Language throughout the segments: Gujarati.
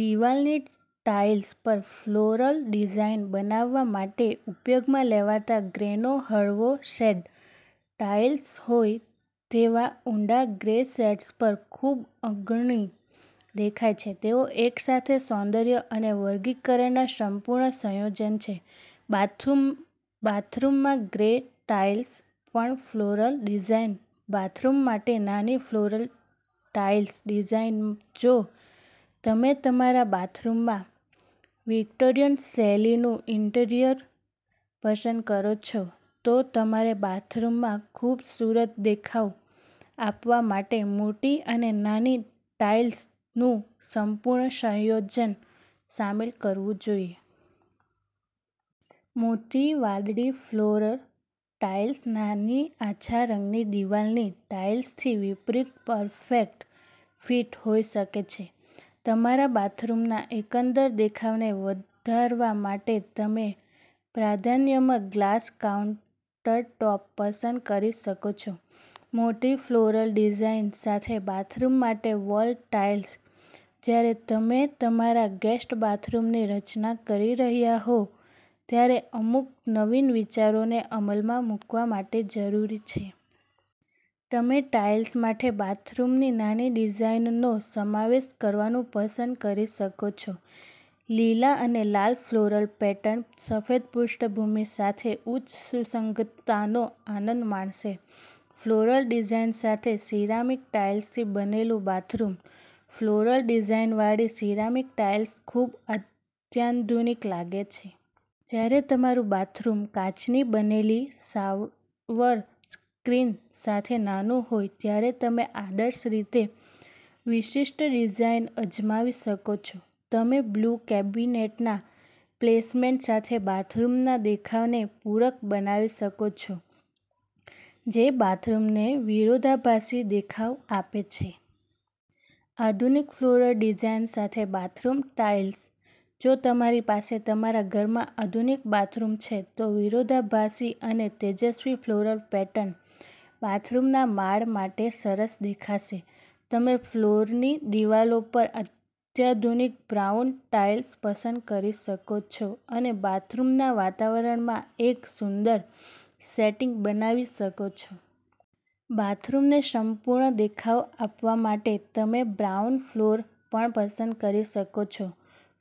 દિવાલની ટાઇલ્સ પર ફ્લોરલ ડિઝાઇન બનાવવા માટે ઉપયોગમાં લેવાતા ગ્રેનો હળવો શેડ ટાઇલ્સમાં હોય તેવા ઊંડા ગ્રે શેડ્સ પર ખૂબ અગ્રણી દેખાય છે. તેઓ એકસાથે સૌંદર્ય અને વર્ગીકરણના સંપૂર્ણ સંયોજન છે. બાથરૂમમાં ગ્રે ટાઇલ્સ પર ફ્લોરલ ડિઝાઇન બાથરૂમ માટે નાની ફ્લોરલ ટાઇલ્સ ડિઝાઇન જો તમે તમારા બાથરૂમમાં વિક્ટોરિયન-શૈલીનું ઇન્ટિરિયર પસંદ કરો છો, તો તમારે બાથરૂમમાં ખૂબસૂરત દેખાવ આપવા માટે મોટી અને નાની ટાઇલ્સનું સંપૂર્ણ સંયોજન સામેલ કરવું જોઈએ. મોટી વાદળી ફ્લોર ટાઇલ્સ નાની આછા રંગની દિવાલની ટાઇલ્સથી વિપરીત પરફેક્ટ ફિટ હોઈ શકે છે. તમારા બાથરૂમના એકંદર દેખાવને વધારવા માટે તમે પ્રાધાન્યમાં ગ્લાસ કાઉન્ટરટૉપ પસંદ કરી શકો છો. મોટી ફ્લોરલ ડિઝાઇન સાથે બાથરૂમ માટે વોલ ટાઇલ્સ જ્યારે તમે તમારા ગેસ્ટ બાથરૂમની રચના કરી રહ્યા હો, ત્યારે અમુક નવીન વિચારોને અમલમાં મૂકવા માટે જરૂરી છે. તમે ટાઇલ્સ માટે બાથરૂમની નાની ડિઝાઇનનો સમાવેશ કરવાનું પસંદ કરી શકો છો. લીલા અને લાલ ફ્લોરલ પેટર્ન સફેદ પૃષ્ઠભૂમિ સાથે ઉચ્ચ સુસંગતતાનો આનંદ માણશે. ફ્લોરલ ડિઝાઇન સાથે સિરામિક ટાઇલ્સથી બનેલું બાથરૂમ ફ્લોરલ ડિઝાઇનવાળી સિરામિક ટાઇલ્સ ખૂબ અત્યાધુનિક લાગે છે. જ્યારે તમારું બાથરૂમ કાચની બનેલી શાવર સ્ક્રીન સાથે નાનું હોય, ત્યારે તમે આદર્શ રીતે વિશિષ્ટ ડિઝાઇન અજમાવી શકો છો. તમે બ્લુ કેબિનેટના પ્લેસમેન્ટ સાથે બાથરૂમના દેખાવને પૂરક બનાવી શકો છો, જે બાથરૂમને વિરોધાભાસી દેખાવ આપે છે. આધુનિક ફ્લોરલ ડિઝાઇન સાથે બાથરૂમ ટાઇલ્સ જો તમારી પાસે તમારા ઘરમાં આધુનિક બાથરૂમ છે, તો વિરોધાભાસી અને તેજસ્વી ફ્લોરલ પેટર્ન બાથરૂમના માળ માટે સરસ દેખાશે. તમે ફ્લોરની દિવાલો પર અત્યાધુનિક બ્રાઉન ટાઇલ્સ પસંદ કરી શકો છો અને બાથરૂમના વાતાવરણમાં એક સુંદર સેટિંગ બનાવી શકો છો. બાથરૂમને સંપૂર્ણ દેખાવ આપવા માટે તમે બ્રાઉન ફ્લોર પણ પસંદ કરી શકો છો.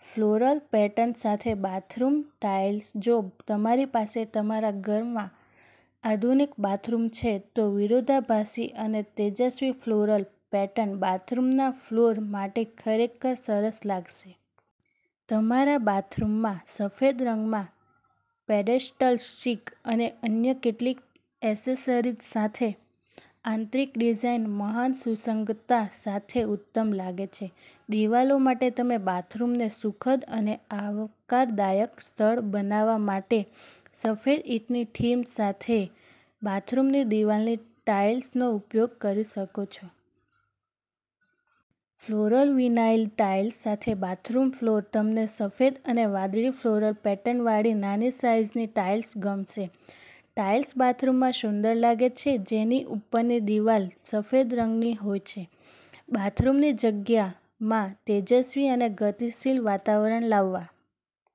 ફ્લોરલ પેટર્ન સાથે બાથરૂમ ટાઇલ્સ જો તમારી પાસે તમારા ઘરમાં આધુનિક બાથરૂમ છે, તો વિરોધાભાસી અને તેજસ્વી ફ્લોરલ પેટર્ન બાથરૂમના ફ્લોર માટે ખરેખર સરસ લાગશે. તમારા બાથરૂમમાં સફેદ રંગમાં પેડેસ્ટલ સિંક અને અન્ય કેટલીક એસેસરીઝ સાથે, આંતરિક ડિઝાઇન મહાન સુસંગતતા સાથે ઉત્તમ લાગે છે. દિવાલો માટે, તમે બાથરૂમને સુખદ અને આવકારદાયક સ્થળ બનાવવા માટે સફેદ-ઈંટની થીમ સાથે બાથરૂમની દિવાલની ટાઇલ્સનો ઉપયોગ કરી શકો છો. ફ્લોરલ વિનાઇલ ટાઇલ્સ સાથે બાથરૂમ ફ્લોર તમને સફેદ અને વાદળી ફ્લોરલ પેટર્નવાળી નાની સાઇઝની ટાઇલ્સ ગમશે. ટાઇલ્સ બાથરૂમમાં સુંદર લાગે છે, જેની ઉપરની દિવાલ સફેદ રંગની હોય છે. બાથરૂમની જગ્યામાં તેજસ્વી અને ગતિશીલ વાતાવરણ લાવવા